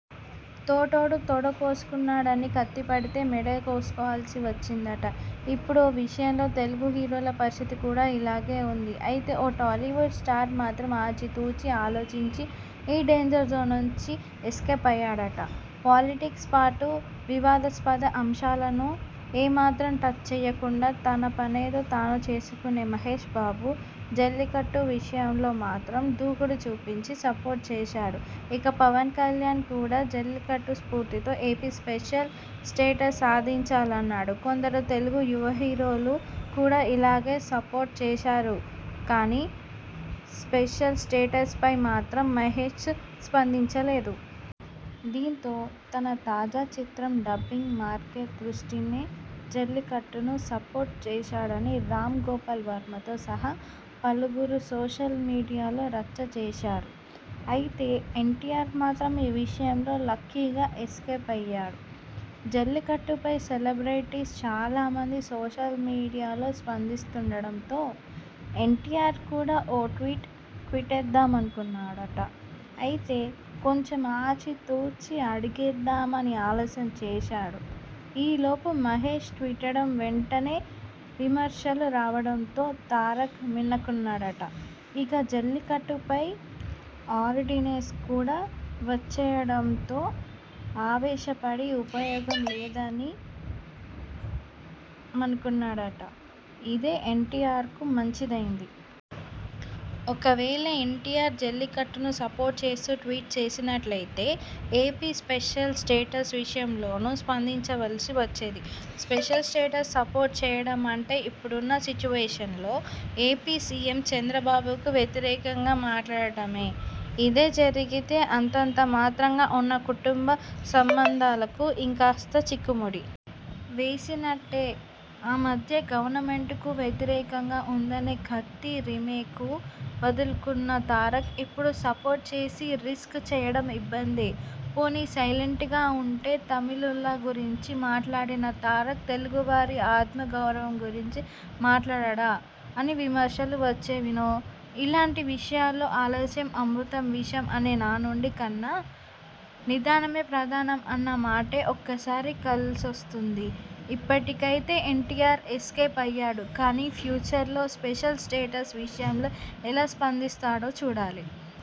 తోటోడు తొడ కోసుకుంటున్నాడని కత్తి పడితే మెడ కోసుకోవలసి వచ్చిందట ఇప్పుడు ఓ విషయంలో తెలుగు హీరోల పరిస్థితి కూడా ఇలాగే ఉంది అయితే ఓ టాలీవుడ్ స్టార్ మాత్రం ఆచితూచి ఆలోచించి ఈ డేంజర్ జోన్ నుంచి ఎస్కేప్ అయ్యాడట పాలిటిక్స్తో పాటు వివాదాస్పద అంశాలను ఏమాత్రం టచ్ చేయకుండా తన పనేదో తాను చూసుకునే మహేశ్ బాబు 'జల్లికట్టు' విషయంలో మాత్రం దూకుడు చూపించి సపోర్ట్ చేశాడుఇక పవన్ కళ్యాణ్ కూడా జల్లికట్టు స్పూర్తితో ఏపీ స్పెషల్ స్టేటస్ సాధించాలన్నాడు కొందరు తెలుగు యువహీరోలు కూడా ఇలాగే సపోర్ట్ చేశారుకానీ స్పెషల్ స్టేటస్ పై మాత్రం మహేశ్ స్పందించలేదు. దీంతో తన తాజా చిత్రం డబ్బింగ్ మార్కెట్ దృష్ట్యానే జల్లికట్టును సపోర్ట్ చేశాడని రామ్ గోపాల్ వర్మతో సహా పలువురు సోషల్ మీడియాలో రచ్చ చేశారు అయితే ఎన్టీఆర్ మాత్రం ఈ విషయంలో లక్కీగా ఎస్కేప్ అయ్యాడు జల్లికట్టుపై సెలబ్రిటీస్ చాలామంది సోషల్ మీడియాలో స్పందిస్తుండడంతో ఎన్టీఆర్ కూడా ఓ ట్వీట్ ట్వేటేద్దామనుకున్నాడట అయితే కొంచెం ఆచితూచి అడుగేద్దామని ఆలస్యం చేశాడు ఈ లోపు మహేశ్ ట్వీటడం వెంటనే విమర్శలు రావడంతో తారక్ మిన్నకున్నాడట ఇక జల్లికట్టుపై ఆర్డినెన్స్ కూడా వచ్చేయడంతో ఆవేశ పడి ఉపయోగం లేదని మానుకున్నాడట ఇదే ఎన్టీఆర్కు మంచిదయింది. ఒకవేళ ఎన్టీఆర్ జల్లికట్టును సపోర్ట్ చేస్తూ ట్వీట్ చేసినట్టయితే ఏపీ స్పెషల్ స్టేటస్ విషయంలోనూ స్పందించవలసి వచ్చేది స్పెషల్ స్టేటస్ సపోర్ట్ చేయడమంటే ఇప్పుడున్న సిట్యువేషన్లో ఏపీ సీఎం చంద్రబాబుకు వ్యతిరేకంగా మాట్లాడటమే ఇదే జరిగితే అంతంత మాత్రంగా ఉన్న కుటుంబ సంబంధాలకు ఇంకాస్త చిక్కుముడి వేసినట్టే ఆ మధ్య గవర్నమెంట్కు వ్యతిరేకంగా ఉందనే 'కత్తి' రీమేక్ను వదులుకున్న తారక్ ఇప్పుడు సపోర్ట్ చేసి రిస్క్ చేయడం ఇబ్బందే పోనీ సైలెంట్గా ఉంటే తమిళుల గురించి మాట్లాడిన తారక్ తెలుగు వారి ,ఆత్మ గౌరవం గురించి మాట్లాడడా అని విమర్శలు వచ్చేవిసో ఇలాంటి విషయాల్లో ఆలస్యం అమృతం విషం అనే నానుడి కన్నా నిదానమే ప్రధానం అన్న మాటే ఒక్కోసారి కలిసొస్తుంది ఇప్పటికైతే ఎన్టీఆర్ ఎస్కేప్ అయ్యాడు కానీ ఫ్యూచర్లో స్పెషల్ స్టేటస్ విషయంలో ఎలా స్పందిస్తాడో చూడాలి.